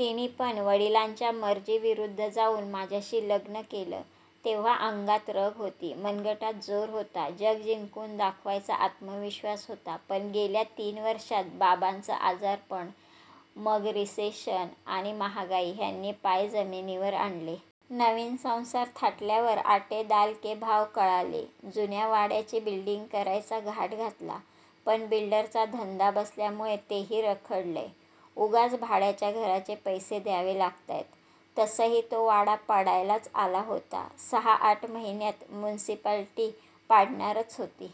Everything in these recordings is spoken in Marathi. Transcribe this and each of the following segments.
" तिनीपण वडिलांच्या मर्जी विरुद्ध जाऊन माझ्याशी लग्न केलं. तेव्हा अंगात रग होती, मनगटात जोर होता, जग जिंकून दाखवायचा आत्मविश्वास होता. पण गेल्या तीन वर्षात बाबांचं आजारपण, मग रिसेशन आणि महागाई ह्यांनी पाय जमीनीवर आणले. नवीन संसार थाटल्यावर 'आटे दाल के भाव' कळाले. जुन्या वाड्याची बिल्डींग करायचा घाट घातला पण बिल्डरचा धंदा बसल्यामुळे तेही रखडलयं. उगाच भाड्याच्या घराचे पैसे द्यावे लागतायत. तसही तो वाडा पडायलाच आला होता. सहा आठ महियात म्युनिसिपालिटी पाडणारच होती.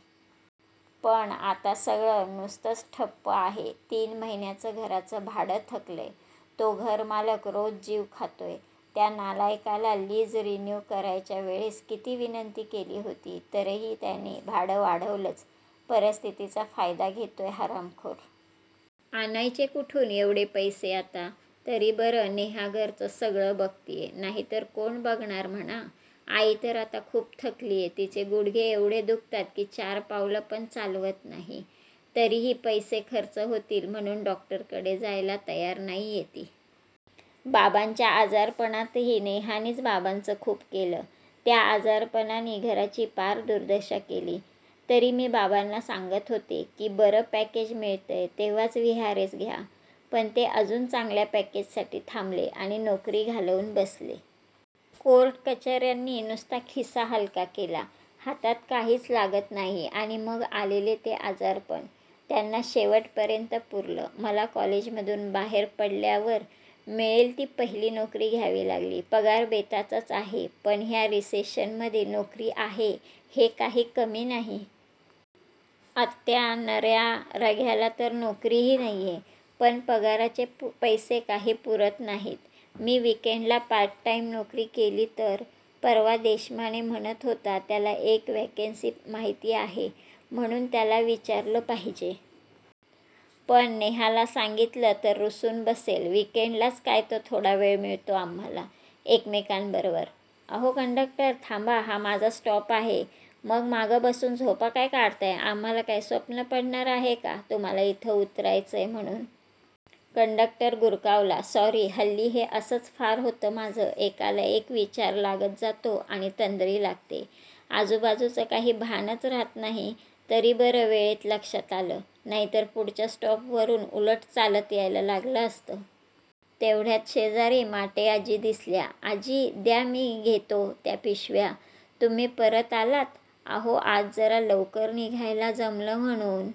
पण आता सगळं नुसतच ठप्प आहे. तीन महिन्याचं घराचं भाडं थकलयं. तो घरमालक रोज जीव खातोय. त्या नालायकाला लीज रिन्यु करायच्या वेळेस किती विनंती केली होती. तरीही त्यानी भाडं वाढवलच. परिस्थितिचा फायदा घेतोय हरामखोर. आणायचे कुठून एवढे पैसे आता? तरी बरं नेहा घरचं सगळं बघतीये. नाहीतर कोण बघणार म्हणा? आई तर आता खूप थकलीये. तिचे गुढघे एवढे दुखतात कि चार पावलं पण चालवत नाही. तरीही पैसे खर्च होतील म्हणून डॉक्टरकडे जायला तयार नाहीये ती. बाबांच्या आजारपणातही नेहानीच बाबांचं खूप केलं. त्या आजारपणानी घराची पार दुर्दशा केली. तरी मी बाबांना सांगत होतो कि बरं पॅकेज मिळतय तेव्हाच व्हि आर एस घ्या. पण ते अजून चांगल्या पॅकेजसाठी थांबले आणि नोकरी घालवून बसले. कोर्ट कचेर्यांनी नुसता खिसा हलका केला. हातात काहिच लागलं नाही. आणि मग आलेलं ते आजारपण त्यांना शेवटपर्यंत पुरलं. मला कॉलेजमधून बाहेर पडल्यावर मिळेल ती पहिली नोकरी घ्यावी लागली. पगार बेताचाच आहे पण ह्या रिसेशन मधे नोकरी आहे हे काही कमी नाही. अंत्या, नर्या आणि रघ्याला तर नोकरीही नाहिये. पण पगाराचे पैसे काही पुरत नाहीत. मी विकेंडला पार्ट टाईम नोकरी केली तर? परवा देशमाने म्हणत होता त्याला एक व्हेकन्सी माहिती आहे म्हणून. त्याला विचारलं पाहिजे. पण नेहाला सांगितलं तर रुसून बसेल. विकेंडलाच काय तो थोडा वेळ मिळतो आम्हाला एकमेकांबरोबर. "अहो कंडक्टर, थांबा.. हा माझा स्टॉप आहे. ""मग माग बसून झोपा काय काढताय? आम्हाला काय स्वप्न पडणार आहे का तुम्हाला इथे उतरायचय म्हणून? " कंडक्टर गुरकावला. "सॉरी"हल्ली हे असं फार होतं माझं. एकाला एक विचार लागत जातो आणि तंद्री लागते. आजुबाजुचं काही भानच रहात नाही. तरी बरं वेळेत लक्षात आलं. नाहीतर पुढच्या स्टॉपवरून उलटं चालत यायला लागलं असतं. तेवढ्यात शेजारी माटे आजी दिसल्या.. "आजी, द्या मी घेतो त्या पिशव्या. ""तुम्ही?.. परत आलात? ""अहो आज जरा लवकर निघायला जमलं म्हणून